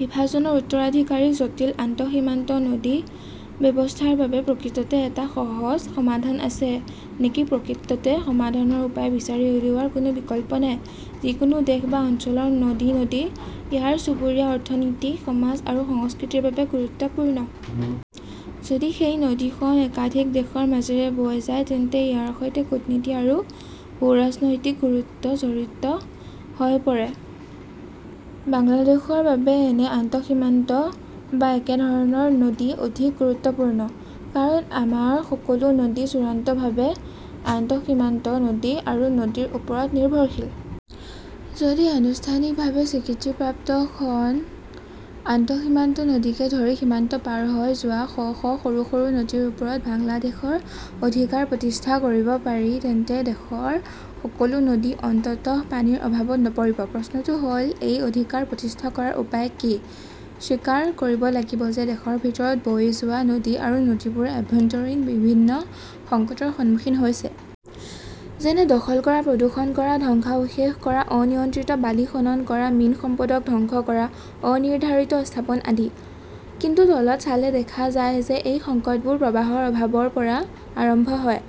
বিভাজনৰ উত্তৰাধিকাৰী জটিল আন্তঃসীমান্ত নদী ব্যৱস্থাৰ বাবে প্ৰকৃততে এটা সহজ সমাধান আছে নেকি প্ৰকৃততে সমাধানৰ উপায় বিচাৰি উলিওৱাৰ কোনো বিকল্প নাই। যিকোনো দেশ বা অঞ্চলৰ নদী-নদী ইয়াৰ চুবুৰীয়া, অৰ্থনীতি, সমাজ আৰু সংস্কৃতিৰ বাবে গুৰুত্বপূৰ্ণ। যদি সেই নদীখন একাধিক দেশৰ মাজেৰে বৈ যায়, তেন্তে ইয়াৰ সৈতে কূটনীতি আৰু ভূ-ৰাজনৈতিক গুৰুত্ব জড়িত হৈ পৰে। বাংলাদেশৰ বাবে এনে আন্তঃসীমান্ত বা একেধৰণৰ নদী অধিক গুৰুত্বপূৰ্ণ। কাৰণ আমাৰ সকলো নদী চূড়ান্তভাৱে আন্তঃসীমান্ত নদী আৰু নদীৰ ওপৰত নিৰ্ভৰশীল। যদি আনুষ্ঠানিকভাৱে স্বীকৃতিপ্ৰাপ্ত খন আন্তঃসীমান্ত নদীকে ধৰি সীমান্ত পাৰ হৈ যোৱা শ শ সৰু সৰু নদীৰ ওপৰত বাংলাদেশৰ অধিকাৰ প্ৰতিষ্ঠা কৰিব পাৰি, তেন্তে দেশৰ সকলো নদী অন্ততঃ পানীৰ অভাৱত নপৰিব। প্ৰশ্নটো হ’ল, এই অধিকাৰ প্ৰতিষ্ঠা কৰাৰ উপায় কি স্বীকাৰ কৰিব লাগিব যে দেশৰ ভিতৰত বৈ যোৱা নদী আৰু নদীবোৰে আভ্যন্তৰীণ বিভিন্ন সংকটৰ সন্মুখীন হৈছে। যেনে দখল কৰা, প্ৰদূষণ কৰা, ধ্বংসাৱশেষ কৰা, অনিয়ন্ত্ৰিত বালি খনন কৰা, মীন সম্পদ ধ্বংস কৰা, অনিৰ্ধাৰিত স্থাপন আদি। কিন্তু তলত চালে দেখা যায় যে এই সংকটবোৰ প্ৰবাহৰ অভাৱৰ পৰা আৰম্ভ হয়।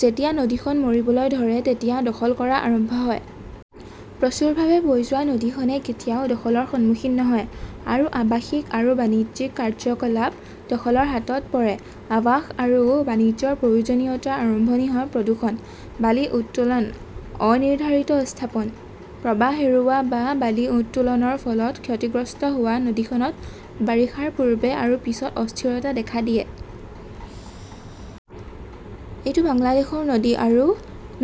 যেতিয়া নদীখন মৰিবলৈ ধৰে, তেতিয়া দখল কৰা আৰম্ভ হয়। প্ৰচুৰভাৱে বৈ যোৱা নদীখনে কেতিয়াও দখলৰ সন্মুখীন নহয়। আৰু আৱাসিক আৰু বাণিজ্যিক কাৰ্যকলাপ দখলৰ হাতত পৰে। আৱাস আৰু বাণিজ্যৰ প্ৰয়োজনীয়তাৰ আৰম্ভণি হয় প্ৰদূষণ, বালি উত্তোলন, অনিৰ্ধাৰিত স্থাপন। প্ৰবাহ হেৰুওৱা বা বালি উত্তোলনৰ ফলত ক্ষতিগ্ৰস্ত হোৱা নদীখনত বাৰিষাৰ পূৰ্বে আৰু পিছত অস্থিৰতা দেখা দিয়ে। এইটো বাংলাদেশৰ নদী আৰু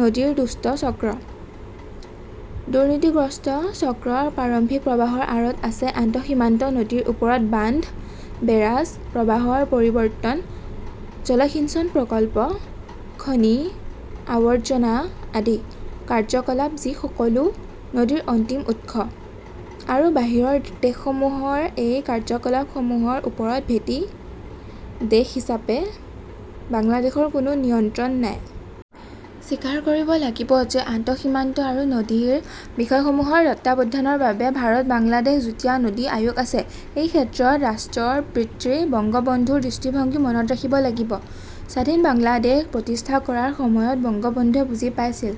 নদীৰ দুষ্ট চক্ৰ । দুৰ্নীতিগ্ৰস্ত চক্ৰৰ প্ৰাৰম্ভিক প্ৰৱাহৰ আঁৰত আছে আন্তঃসীমান্ত নদীৰ ওপৰত বান্ধ, বেৰাজ, প্ৰৱাহৰ পৰিৱৰ্তন, জলসিঞ্চন প্ৰকল্প, খনি, আৱৰ্জনা আদি কাৰ্যকলাপ, যি সকলো নদীৰ অন্তিম উৎস। আৰু বাহিৰৰ দেশসমূহৰ এই কাৰ্যকলাপসমূহৰ ওপৰত ভাটি দেশ হিচাপে বাংলাদেশৰ কোনো নিয়ন্ত্ৰণ নাই। স্বীকাৰ কৰিব লাগিব যে আন্তঃসীমান্ত নদী আৰু নদীৰ বিষয়সমূহৰ তত্বাৱধানৰ বাবে ভাৰত-বাংলাদেশ যুটীয়া নদী আয়োগ আছে। এই ক্ষেত্ৰত ৰাষ্ট্ৰৰ পিতৃ বঙ্গবন্ধুৰ দৃষ্টিভংগী মনত ৰাখিব লাগিব। স্বাধীন বাংলাদেশ প্ৰতিষ্ঠা কৰাৰ সময়ত বংগবন্ধুৱে বুজি পাইছিল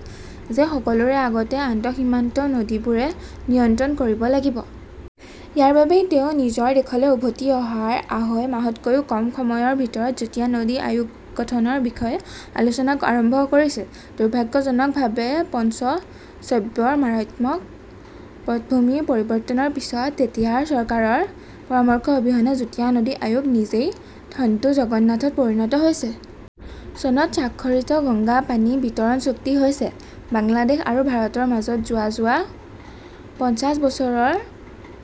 যে সকলোৰে আগতে আন্তঃসীমান্ত নদীবোৰ নিয়ন্ত্ৰণ কৰিব লাগিব। ইয়াৰ বাবেই তেওঁ নিজৰ দেশলৈ উভতি অহাৰ আঢ়ৈ মাহতকৈও কম সময়ৰ ভিতৰত যুটীয়া নদী আয়োগ গঠনৰ বিষয়ে আলোচনা আৰম্ভ কৰিছিল। দুৰ্ভাগ্যজনকভাৱে, পঞ্চচব্বৈৰ মাৰাত্মক পটভূমি পৰিৱৰ্তনৰ পিছত, তেতিয়াৰ চৰকাৰৰ পৰামৰ্শ অবিহনে যুটীয়া নদী আয়োগ নিজেই থণ্টু জগন্নাথত পৰিণত হৈছিল। চনত স্বাক্ষৰিত গংগা পানী বিতৰণ চুক্তি হৈছে বাংলাদেশ আৰু ভাৰতৰ মাজত যোৱা যোৱা পঞ্চাশ বছৰৰ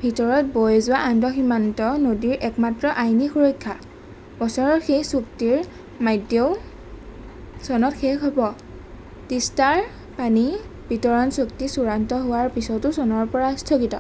ভিতৰত বৈ যোৱা আন্তঃসীমান্ত নদীৰ একমাত্ৰ আইনী সুৰক্ষা। বছৰৰ সেই চুক্তিৰ ম্যাদও চনত শেষ হ 'ব। তিষ্টাৰ পানী বিতৰণ চুক্তি চূড়ান্ত হোৱাৰ পিছতো চনৰ পৰা স্থগিত